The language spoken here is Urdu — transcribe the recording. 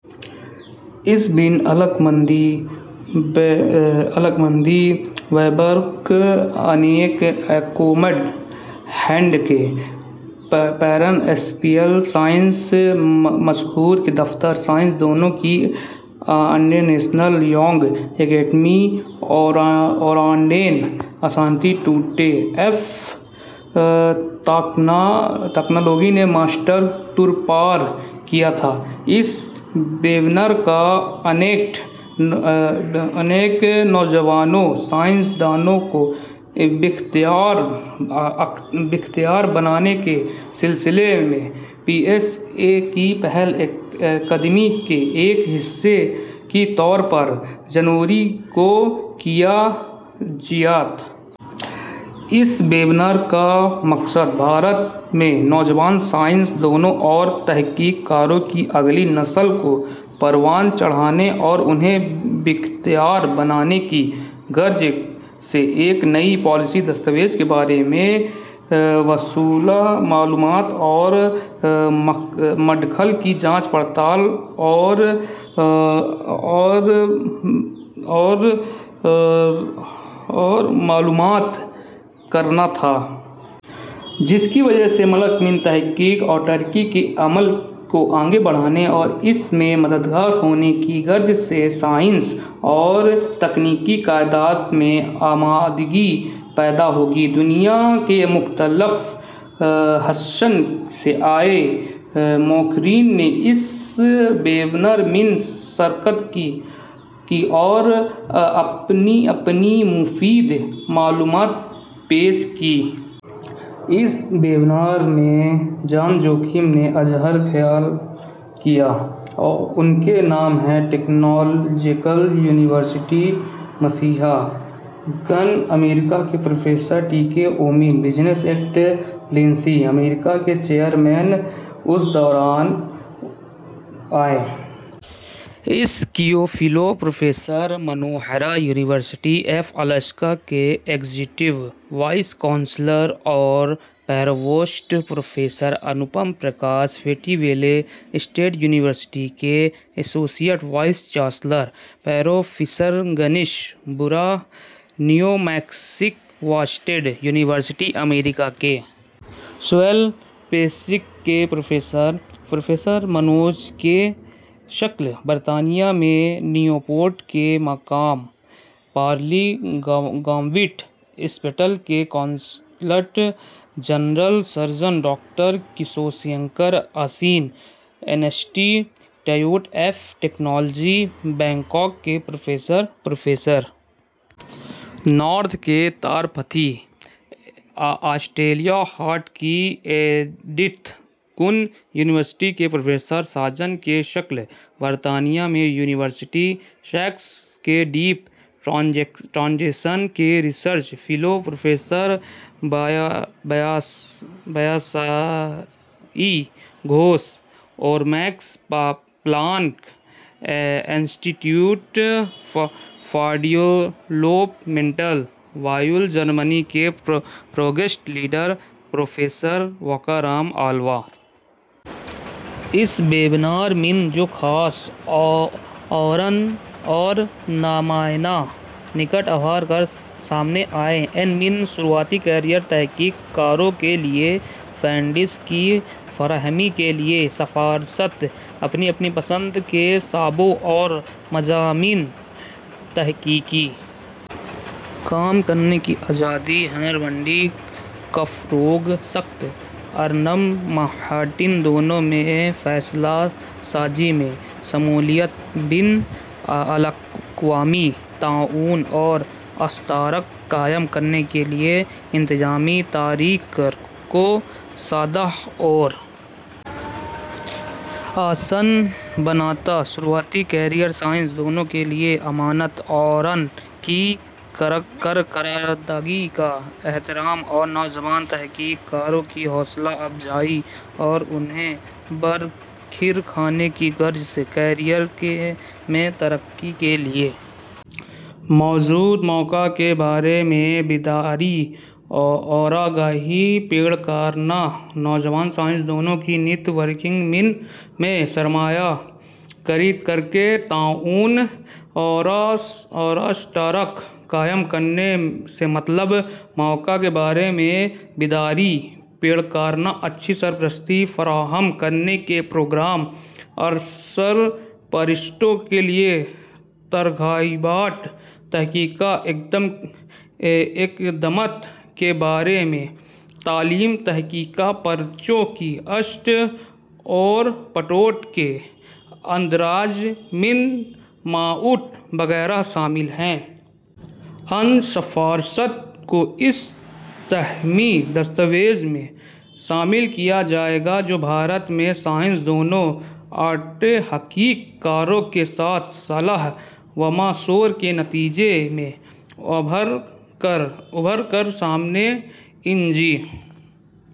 اس بین الاقوامی ویبنارکاانعقاد ، حکومت ہند کے پرنسپل سائنسی مشیر کے دفتر ، سائنس دانوں کی انڈین نیشنل ینگ اکیڈمی اورانڈین انسٹی ٹیوٹ آف ٹکنالوجی نے مشترکہ طورپر کیاتھا۔ اس ویبنار کا انعقاد ، نوجوانوں سائنس دانوں کو بااختیار بنانے کے سلسلے میں پی ایس اے کی پہل قدمی کے ایک حصے کےطورپر جنوری کو کیاگیاتھا۔ اس ویبنار کا مقصد ، بھارت میں نوجوان سائنس دانوں اور تحقیق کاروں کی اگلی نسل کو پروان چڑھانے اور انھیں بااختیار بنانے کی غرض سے ایک نئی پالیسی دستاویز کے بارے میں موصولہ معلومات اور، مادخل کی جانچ پڑتال اورمعائنہ کرناتھا۔ جس کی وجہ سے ملک میں تحقیق اورترقی کے عمل کو آگے بڑھانے اور اس میں مددگار ہونے کی غرض سے سائنسی اورتکنیکی قیادت میں عمدگی پیداہوگی۔ دنیاکے مختلف حصوں سے آئے مقررین نے اس ویبنار میں شرکت کی اوراپنی اپنی مفید معلومات پیش کیں۔ اس ویبنار میں جن مقررین نے اظہار خیال کیا، ان کے نام ہیں ، ٹکنالوجیکل یونیورسٹی مشی گن امریکہ کے پروفیسر ٹی کے اومین ، بزنس ایکسی لینسی ، امریکہ کے chairman اورصدراوراے S Q fellow, professor منوووہرا، university of Alaska کے ایگزیکیٹو وائس چانسلر اور provost professor Anupam Prakash, fête ولے اسٹیٹ یونیورسٹی کے ایسوسی ایٹ وائس چانسلر پروفیسرگنیش بورا، نیومیکسیکواسٹیٹ یونیورسٹی امریکہ کے سوائیل فزکس کے پروفیسر ، پروفیسرر منوج کے شکلا، برطانیہ میں نیوپورٹ کے مقام پررائل گوینٹ اسپتال کے کنسلٹنٹ جنرل سرجن ڈاکٹرکیشوسورنکر ، ایشین انسٹی ٹیوٹ آف ٹکنالوجی ، بینکاک کے professor professor Nitin K Tripathi, Australia, Perth کی ایڈتھ کوون یونیورسٹی کے پروفیسر سنجے کے شکلا ، برطانیہ میں یونیورسٹی سیسکس میں ڈیپ ٹرانزیشن کے research fellow professor Bipashai Ghosh اورمیکس Planck Institute for Developmental biology, Germany کے project leader, professor Vikram Alva. اس ویبنار میں جوخاص اورنمایاں نکات ابھر کرسامنے آئے ان میں شروعاتی کریئر تحقیق کاروں کے لئے فنڈس کی فراہمی کے لئے سفارشات ، اپنی اپنی پسند کے شعبوں اور مضامین میں تحقیقی کام کرنے کی آزادی ، ہنرمندی کافروغ ، سخت اورنرم مہارتیں دونوں میں ، فیصلہ سازی میں شمولیت ، بین الاقوامی تعاون اوراشتراک قائم کرنے کے لئے انتظامی طریق کار کو سادہ اور آسان بنانا، شروعاتی کریئر سائنس دانوں کے لئے انعامات اوران کی کارکردگی کا اعتراف ، اور نوجوان تحقیق کاروں کی حوصلہ افزائی اور انھیں برقراررکھنے کی غرض سے ، کریئرمیں ترقی کے لئے موجود مواقع کے بارے میں بیداری اورآگہی پیداکرنا ، نوجوان سائنس دانوں کی نیٹ ورکنگ میں سرمایہ کاری کرکے ، تعاون اوراشتراک قائم کرنے سے متعلق مواقع کے بارے میں بیداری پیداکرنا ، اچھی سرپرستی فراہم کرنے کے پروگرام اورسرپرستوں کے لئے ترغیبات ، تحقیقی اقدامات کے بارے میں تعلیم ، تحقیقی پرچوں کی اشاعت اورپیٹنٹ کے اندراج میں معاونت وغیرہ شامل ہیں۔ ان سفارشات کو اس حتمی دستاویز میں شامل کیاجائے گا جو بھارت میں سائنس دانوں اورتحقیق کاروں کے ساتھ صلاح ومشورے کے نتیجے میں ابھرکرسامنے آئیں گی۔